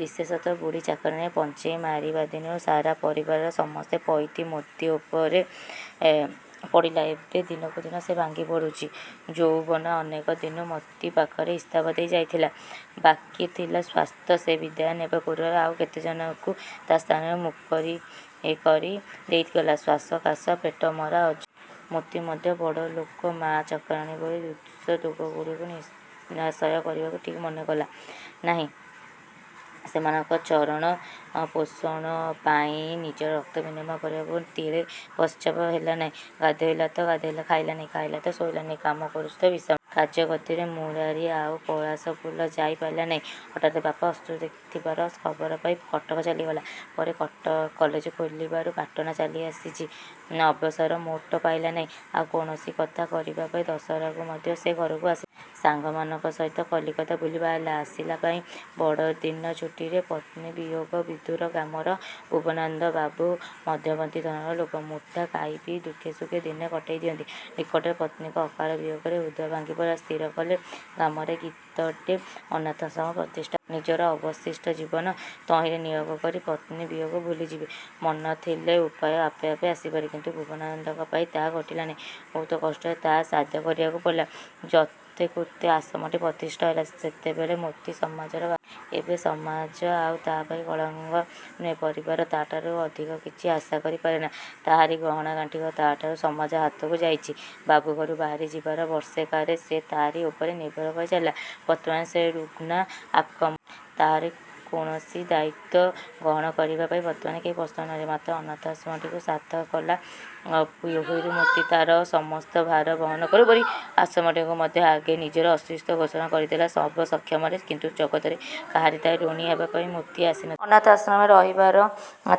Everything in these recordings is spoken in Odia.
ବିଶେଷତଃ ବୁଢ଼ୀ ଚାକରାଣୀ ପଞ୍ଚେଇ ମାରିବାଦିନୁ ସାରା ପରିବାରଟାର ସମସ୍ତ ପଇତି ମୋତି ଉପରେ ପଡ଼ିଲା। ଏବେ ଦିନକୁଦିନ ସେ ଭାଙ୍ଗିପଡ଼ୁଛି। ଯୌବନ ଅନେକ ଦିନୁ ମୋତି ପାଖରେ ଇସ୍ତଫା ଦେଇ ଯାଇଥିଲେ, ବାକୀ ଥିଲା ସ୍ଵାସ୍ଥ୍ୟ, ସେ ବିଦାୟ ନେବା ପୂର୍ବରୁ ଆଉ କେତେଜଣଙ୍କୁ ତା ସ୍ଥାନରେ ମୁକରିର କରି ଦେଇଗଲା–ଶ୍ଵାସ କାଶ, ପେଟମରା, ଅଜୀର୍ଣ୍ଣ ଇତ୍ୟାଦି-। ମୋତି ମଧ୍ୟ ବଡ଼ଲୋକ ମା ଓ ଚକରାଣୀ ବୋଲି ଦୁଃସ୍ଥ ରୋଗଗୁଡ଼ିକୁ ନିରାଶ୍ରୟ କରିବାକୁ ଠିକ୍ ମନେ କଲା ନାହିଁ। ସେମାନଙ୍କ ଭରଣ ପୋଷଣ ପାଇଁ ନିଜର ରକ୍ତ ବିନିମୟ କରିବାକୁ ତିଳେ ପାଶ୍ଚାତ୍ପଦ ହେଲେ ନାହିଁ। ଗାଧୋଇଲା ତ ଖାଇଲା ନାହିଁ, ଖାଇଲା ତ ଶୋଇଲା ନାହିଁ–କାମ କରୁଛି ତ ବିଶ୍ରାମ ନାହିଁ। କାର୍ଯ୍ୟଗତିରେ ମୁରାରି ଆଉ ପଳାଶପୁର ଯାଇ ପାରିନାହିଁ। ହଠାତ୍ ବାପା ଅସୁସ୍ଥ ଥିବାର ଖବର ପାଇ କଟକ ଚାଲିଗଲା। ପରେ କଲେଜ ଖୋଲିବାରୁ ପାଟନା ଚାଲିଯାଇଛି। ଅବସର ମୋଟେ ପାଇଲା ନାହିଁ, ଆଉ କୌଣସି କଥା କରିବା ପାଇଁ। ଦଶହରାକୁ ମଧ୍ୟ ସେ ଘରକୁ ଆସିଲା ନାହିଁ। ସାଙ୍ଗମାନଙ୍କ ସହ କଲିକତା ବୁଲି ବାହାରିଲା। ଆସିଲା ଯାଇଁ ବଡ଼ଦିନ ଛୁଟିରେ। ପତ୍ନୀ ବିୟୋଗ ବିଧୂର ଗ୍ରାମର ଭୂବନାନନ୍ଦ ବାବୁ ମଧ୍ୟବିତ ଧରଣର ଲୋକ। ମୁଠା ଖାଇପିଇ ଦୁଖେ ସୁଖେ ଦିନ କଟେଇ ଦିଅନ୍ତି। ନିକଟରେ ପତ୍ନୀଙ୍କ ଅକାଳ ବିୟୋଗରେ ହୃଦୟ ଭାଙ୍ଗିପଡ଼ିଲା। ସ୍ଥିର କଲେ ଗ୍ରାମରେ ଗୀତିଏ ଅନାଥାଶ୍ରମ ପ୍ରତିଷ୍ଠା କରି,। ନିଜର ଅବଶିଷ୍ଟ ଜୀବନ ତହିଁରେ ନିୟୋଗ କରି ପତ୍ନୀବିୟୋଗ ଭୁଲିଯିବେ। ମନ ଥିଲେ ଉପାୟ ଆପେ ଆପେ ଆସିପାରେ, କିନ୍ତୁ ଭୁବନାନନ୍ଦଙ୍କ ପାଇଁ ତାହା ଘଟିଲା ନାହିଁ। ବହୁତ କଷ୍ଟରେ ତାହା ସାଧ୍ୟ କରିବାକୁ ପଡ଼ିଲା। ଯତ୍ରେକୁତ୍ରେ ଆଶ୍ରମଟି ପ୍ରତିଷ୍ଠିତ ହେଲା। ସେତେବେଳେ ମୋତି ସମାଜର ବାହାରେ। ଏବେ ସମାଜ ଆଉ ତା ପାଇଁ କଙ୍ଗାଳ ନୁହେଁ। ପରିବାର ତାଠାରୁ ଅଧିକ କିଛି ଆଶା କରିପାରେନା। ତାହାରି ଗହଣାଗାଣ୍ଠିତକ ତା'ଠାରୁ ସମାଜ ହାତକୁ ଯାଇଛି। ବାବୁଘରୁ ବାହାରି ଯିବାର ବର୍ଷେ କାଳ ସେ ତାରି ଉପରେ ନିର୍ଭର କରି ଚାଳିଲା। ବର୍ତ୍ତମାନ ସେ ରୁଗ୍ଣା–ଅକର୍ମଣ୍ୟା। ତାହାରି କୌଣସି ଦାୟିତ୍ଵ ଗ୍ରହଣ କରିବା ପାଇଁ ବର୍ତ୍ତମାନ କେହି ପ୍ରସ୍ତୁତ ନୁହନ୍ତି। ମାତ୍ର ଅନାଥାଶ୍ରମଟିକୁ ସାର୍ଥକ କଲା ପହିଲୁ ମୋତି। ତା'ର ସମସ୍ତ ଭାର ବହନ କରିବ ବୋଲି ଆଶ୍ରମଟି ମଧ୍ୟ ଆଗେ ନିଜର ଅସ୍ତିତ୍ଵ ଘୋଷଣା କରିଦେଲା ସର୍ବ ସମକ୍ଷରେ। କିନ୍ତୁ ଜଗତରେ କାହାରିଠାରେ ଋଣୀ ହେବାପାଇଁ ମୋତି ଆସି ନଥିଲା। ଅନାଥାଶ୍ରମରେ ରହିବାର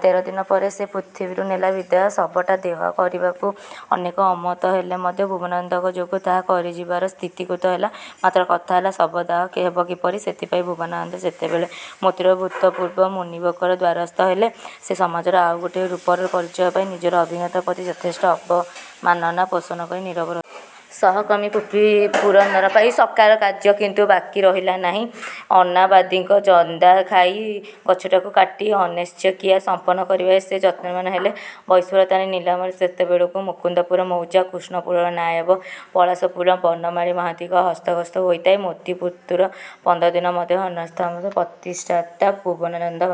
ତେର ଦିନ ପରେ ସେ ପୃଥିବୀରୁ ନେଲା ବିଦାୟ। ଶବଟା ଦାହ କରିବାକୁ ଅନେକ ଅମତ ହେଲେ ମଧ୍ୟ ଭୂବନାନନ୍ଦଙ୍କ ଯୋଗୁ ତାହା କରାଯିବାର ସ୍ଥିରୀକୃତ ହେଲା। ମାତ୍ର କଥା ହେଲା ଶବଦାହ ହେବ କିପରି। ସେଥିପାଇଁ ଭୂବନାନନ୍ଦ ଯେତେବେଳେ ମୋତିର ଭୂତପୂର୍ବ ମୁନିବଙ୍କର ଦ୍ଵାରସ୍ଥ ହେଲେ, ସେ ସମାଜର ଆଉ ଗୋଟିଏ ରୂପର ପରିଚୟ ପାଇ, ନିଜର ଅଭିଜ୍ଞତା ପ୍ରତି ଯଥେଷ୍ଟ ଅବମାନନା ପୋଷଣ କରି ନୀରବ ରହିଲେ। ସହକର୍ମୀ ପୁରନ୍ଦର ପାଇଁ ସତ୍କାର କାର୍ଯ୍ୟ କିନ୍ତୁ ବାକୀ ରହିଲା ନାହିଁ। ଅନାବାଦୀର ଜନ୍ଦାଖାଇ ଗଛଟାକୁ କାଟି ଅନ୍ତ୍ୟେଷ୍ଟିକ୍ରିୟା ସଂପନ୍ନ କରିବାରେ ସେ ଯତ୍ନବାନ୍ ହେଲେ। ବୈସୁଲତାନି ନିଲାମରେ ସେତେବେଳକୁ ମୁକୁନ୍ଦପୁର ମୌଜା–କୃଷ୍ଣପୁରର ନାଏବ, ପଳାଶପୁର ବନମାଳି ମହାନ୍ତିଙ୍କର ହସ୍ତଗତ ହୋଇଥାଏ। ମୋତି ମୃତ୍ୟୁର ପନ୍ଦର ଦିନ ମଧ୍ୟରେ ଅନାଥାଶ୍ରମର ପ୍ରତିଷ୍ଠାତା ଭୁବନାନନ୍ଦ ବାବୁ